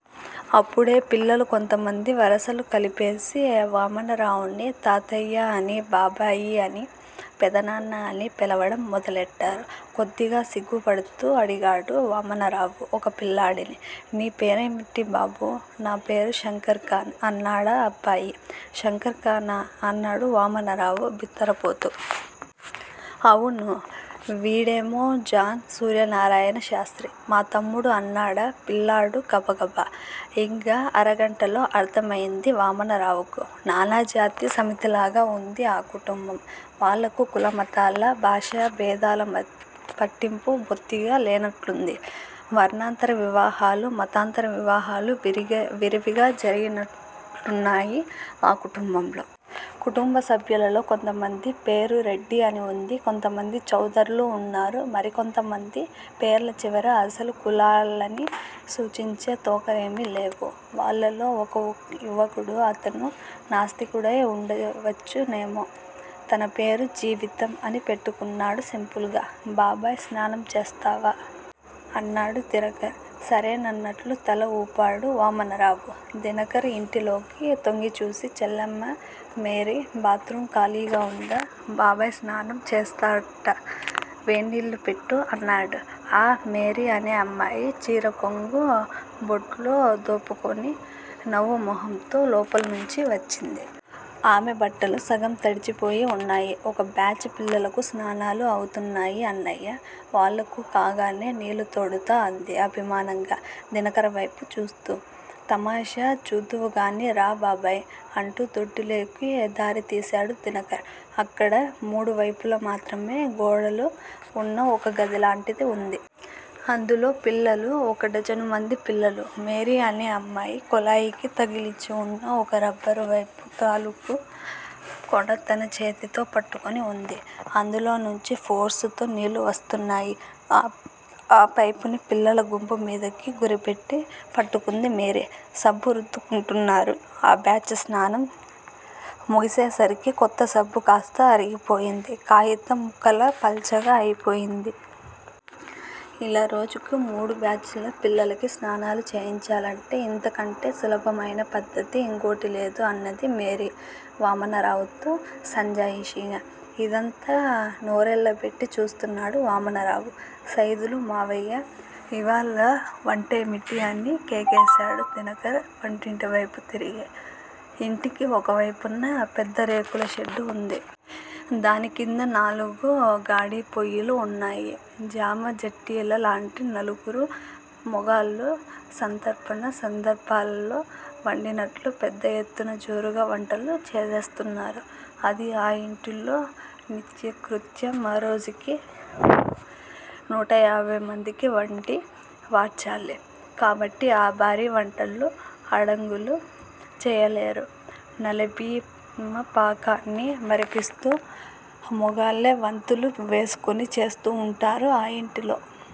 అప్పుడే పిల్లలు కొంతమంది వరసలు కలిపేసి వామనరావుని తాతయ్యాఅనీ, బాబాయ్ అని, పెదనాన్న అనీ పిలవడం మొదలెట్టారు. కొద్దిగా సిగ్గుపడుతూ అడిగాడు వామనరావు ఒక పిల్లాడిని. నీ పేరేంటి బాబూ? నా పేరు శంకర్ ఖాన్! అన్నాడా అబ్బాయి. శంకర్ ఖానా? అన్నాడు వామనరావు బిత్తరపోతూ. అవును! వీడేమో జాన్ సూర్యనారాయణ శాస్త్రి! మా తమ్ముడు అన్నాడా పిల్లాడు గబగబ. ఇంక అరగంటలో అర్ధమయింది వామనరావుకి నానాజాతి సమితిలాగా వుంది ఆ కుటుంబం! వాళ్ళకు కుల మతాల, భాషా భేదాల పట్టింపు బొత్తిగా లేనట్లుంది. వర్ణాంతర వివాహాలు, మతాంతర వివాహాలు విరివిగా జరిగినట్లున్నాయి ఆ కుటుంబంలో! కుటుంబ సభ్యులలో కొంతమంది పేరు రెడ్డి అని వుంది. కొంతమంది చౌదర్లు వున్నారు. మరికొంతమంది పేర్ల చివర అసలు కులాలని సూచించే తోకలేమీ లేవు. వాళ్ళలో ఒక యువకుడు, అతను నాస్తికుడై ఉండవచ్చునేమో, తన పేరు 'జీవితం' అని పెట్టుకున్నాడు సింపుల్ గా! బాబాయ్ స్నానం చేస్తావా? అన్నాడు దినకర్. సరేనన్నట్లు తల వూపాడు వామనరావు. దినకర్ ఇంటిలోకి తొంగిచూసి చెల్లెమ్మా! మేరీ! బాత్ రూం ఖాళీగా వుందా? బాబాయ్ స్నానం చేస్తాట్ట! వేన్నీళ్ళు పెట్టు? అన్నాడు. ఆ మేరీ అనే అమ్మాయి చీర కొంగు బొడ్లో దోపుకుని నవ్వు మొహంతో లోపల్నుంచి వచ్చింది. ఆమె బట్టలు సగం తడిసిపోయి వున్నాయి. ఒక బ్యాచ్ పిల్లలకు స్నానాలు అవుతున్నాయి అన్నయ్యా? వాళ్ళకు కాగానే నీళ్ళు తోడుతా! అంది అభిమానంగా దినకర్ వైపు చూస్తూ. తమాషా చూద్దువుగాని రా బాబాయ్! అంటూ దొడ్డిలోకి దారి తీశాడు దినకర్. అక్కడ మూడు వైపుల మాత్రమే గోడలు వున్న ఒక గదిలాంటిది వుంది. అందులో ఉన్నారు ఒక డజనుమంది పిల్లలు. మేరీ అనే అమ్మాయి కొళాయికి తగిలించివున్న ఒక రబ్బరు పైపు తాలూకు కొన తన చేతితో పట్టుకొని వుంది. అందులోనుంచి ఫోర్సుతో నీళ్ళు వస్తున్నాయి. ఆ పైపుని పిల్లల గుంపు మీదికి గురిపెట్టి పట్టుకుంది మేరీ. సబ్బు రుద్దుకుంటున్నారు ఆ బ్యాచ్ స్నానం ముగిసేసరికి కొత్త సబ్బు కాస్తా అరిగిపోయింది కాయితం ముక్కలా పల్చగా అయిపోయింది. ఇలా రోజుకి మూడు బ్యాచ్ ల పిల్లలకి స్నానాలు చేయించాలంటే ఇంతకంటే సులభమయిన పద్దతి ఇంకోటి లేదు! అన్నది మేరీ వామనరావు తో సంజాయిషీగా. ఇదంతా నోరెళ్ళబెట్టి చూస్తున్నాడు వామనరావు. సైదులు మామయ్యా! ఇవాళ వంటేమిటి? అని కేకేశాడు దినకర్ వంటింటివైపు తిరిగి. ఇంటికి ఒక వైపున పెద్ద రేకుల షెడ్డు ఉంది. దానికింద నాలుగు గాడిపొయ్యిలు వున్నాయి. జమాజట్టీల లాంటి నలుగురు మొగాళ్ళు సంతర్పణ సందర్భాలలో వండినట్లు పెద్ద ఎత్తున జోరుగా వంటలు చేసేస్తున్నారు. అది ఆ ఇంటిలో నిత్యకృత్యం. రోజుకి నూటయాభైమందికి వండి వార్చాలి కాబట్టి ఆ భారీ వంటలు ఆడంగులు చెయ్యలేదు. నలభీమపాకాన్ని మరిపిస్తూ, మొగాళ్ళే వంతులు వేసుకుని చేస్తూ వుంటారు ఆ ఇంటిలో.